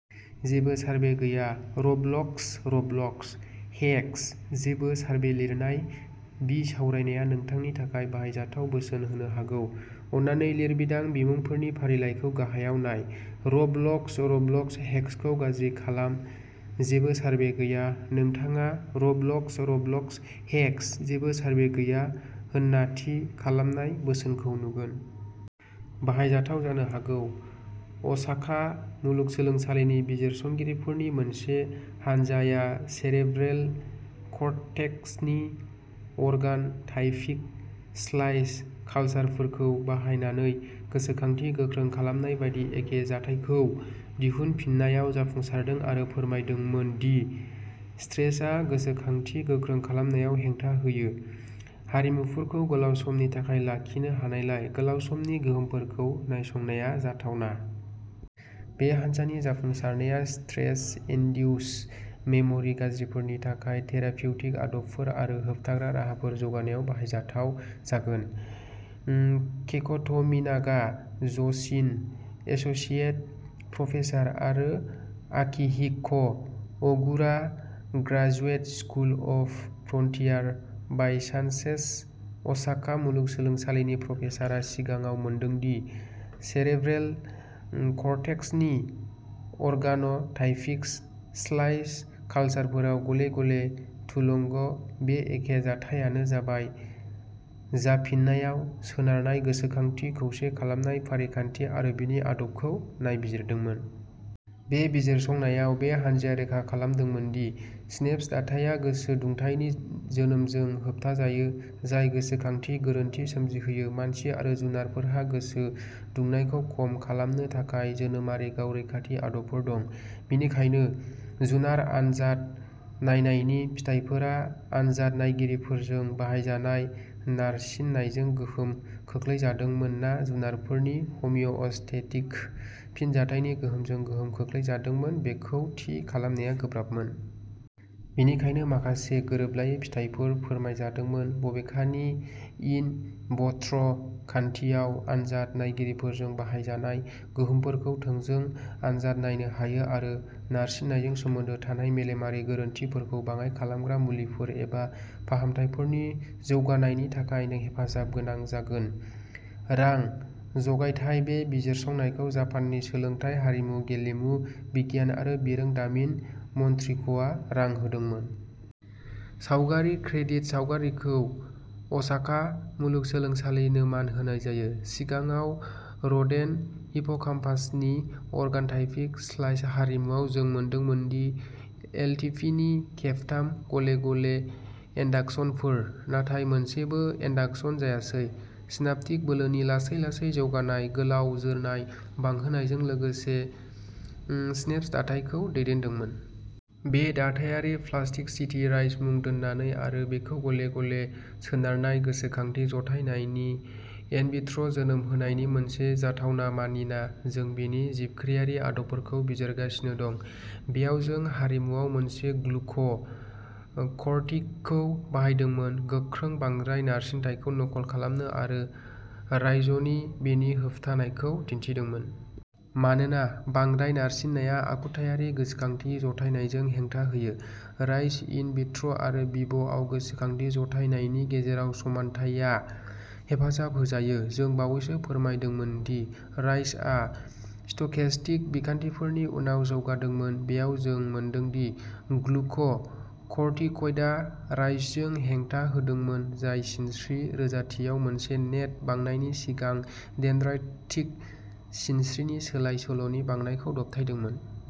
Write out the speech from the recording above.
जेबो सारभे गैया। रबलक्स रबलक्स हेक्स जेबो सारभे लिरनाय बिसावरायनाया नोंथांनि थाखाय बाहायजाथाव बोसोन होनो हागौ। अन्नानै लिरबिदां बिमुंफोरनि फारिलाइखौ गाहायाव नाय, रबलक्स रबलक्स हेक्सखौ गाज्रि खालाम जेबो सारभे गैया। नोंथाङा रबलक्स रबलक्स हेक्स जेबो सारभे गैया होन्ना थि खालामनाय बोसोनखौ नुगोन। बाहायजाथाव जानो हागौ। असाका मुलुगसोलोंसालिनि बिजिरसंगिरिफोरनि मोनसे हानजाया सेरेब्रेल कर्टेक्सनि अर्गान' टाइपिक स्लाइस कालसारफोरखौ बाहायनानै गोसोखांथि गोख्रों खालामनाय बायदि एखे जाथायखौ दिहुनफिननायाव जाफुंसारदों आरो फोरमायदोंमोन दि स्ट्रेसआ गोसोखांथि गोख्रों खालामनायाव हेंथा होयो। हारिमुफोरखौ गोलाव समनि थाखाय लाखिनो हानायलाय, गोलाव समनि गोहोमफोरखौ नायसंनाया जाथावना। बे हान्जानि जाफुंसारनाया स्ट्रेस इनडिउस्ड मेम'रि गाज्रिफोरनि थाखाय थेरापिउटिक आदबफोर आरो होबथाग्रा राहाफोर जौगाहोनायाव बाहायजाथाव जागोन। केइक'ट'मिनागा य'शिन', एस'सिएट प्रफेसार आरो Akihiko Ogura, graduate school of frontier biosciences, Osaka मुलुगसोलोंसालिनि प्रफेसारआ सिगाङाव मोनदों दि सेरेब्रेल कर्टेक्सनि अर्गान'टाइपिक स्लाइस कालसारफोराव गले गले थुलुंग बे एखे जाथायानो जाबाय जाफिननायाव सोनारनाय गोसोखांथि खौसे खालामनाय फारिखान्थि आरो बेनि आदबखौ नायबिजिरदोंमोन। बे बिजिरसंनायाव बे हान्जाया रोखा खालामदोंमोन दि सिनैप्स दाथाया गोसो दुंथायनि जोनोमजों होबथाजायो, जाय गोसोखांथि गोरोन्थि सोमजिहोयो। मानसि आरो जुनारफोरहा गोसो दुंनायखौ खम खालामनो थाखाय जोनोमारि गाव रैखाथि आदबफोर दं। बेनिखायनो जुनार आनजाद नायनायनि फिथाइफोरा आनजाद नायगिरिफोरजों बाहायजानाय नारसिननायजों गोहोम खोख्लैजादोंमोन ना जुनारफोरनि हमिअस्टेटिक फिनजाथायनि गोहोमजों गोहोम खोख्लैजादोंमोन बेखौ थि खालामनाया गोब्राबमोन। बेनिखायनो, माखासे गोरोबलायै फिथायफोर फोरमायजादोंमोन। बबेखानि, इन विट्रो खान्थियाव, आनजाद नायगिरिफोरजों बाहायजानाय गोहोमफोरखौ थोंजों आनजाद नायनो हायो आरो नारसिननायजों सोमोन्दो थानाय मेलेमारि गोरोन्थिफोरखौ बाङाइ खालामग्रा मुलिफोर एबा फाहामथायफोरनि जौगानायनि थाखाय हेफाजाबगोनां जागोन। रां जगायथाय बे बिजिरसंनायखौ जापाननि सोलोंथाय, हारिमु, गेलेमु, बिगियान आरो बिरोंदामिन मन्थ्रिख'आ रां होदोंमोन। सावगारि क्रेदिट, सावगारिखौ असाका मुलुगसोलोंसालिनो मान होनाय जायो। सिगाङाव, रोदेन्ट हिप्पोकाम्पासनि अर्गान'टाइपिक स्लाइस हारिमुआव जों मोनदोंमोन दि एलटिपिनि खेबथाम गले गले इन्डाकसनफोर, नाथाय मोनसेबो इन्डाकसन जायासै, सिनाप्टिक बोलोनि लासै लासै जौगानाय गोलाव जोरनाय बांहोनायजों लोगोसे सिनेप्स दाथायखौ दैदेनदोंमोन। बे दाथायारि प्लास्टिसिटि राइज मुं दोननानै आरो बेखौ गले गले सोनारनाय गोसोखांथि जथायनायनि इनविट्र' जोनोम होनायनि मोनसे जाथावना मानिना, जों बेनि जिबख्रिआरि आदबफोरखौ बिजिरगासिनो दं। बेयाव, जों हारिमुआव मोनसे ग्लुक' कर्टिकइडखौ बाहायदोंमोन गोख्रों बांद्राय नारसिनथायखौ नखल खालामनो आरो राइजनि बेनि होबथानायखौ दिन्थिदोंमोन। मानोना बांद्राय नारसिननाया आखुथायारि गोसोखांथि जथायनायजों हेंथा होयो, राइज इन विट्र' आरो भिभ'आव गोसोखांथि जथायनायनि गेजेराव समानथायआ हेफाजाब होजायो। जों बावैसो फोरमायदोंमोन दि राइजआ स्टकेस्टिक बिखान्थिफोरनि उनाव जौगादोंमोन। बेयाव जों मोनदों दि ग्लुक' कर्टिकइडआ राइजजों हेंथा होदोंमोन, जाय सिनस्रि रोजाथियाव मोनसे नेट बांनायनि सिगां डेनड्राइटिक सिनस्रिनि सोलाय सोल'नि बांनायखौ दबथायदोंमोन।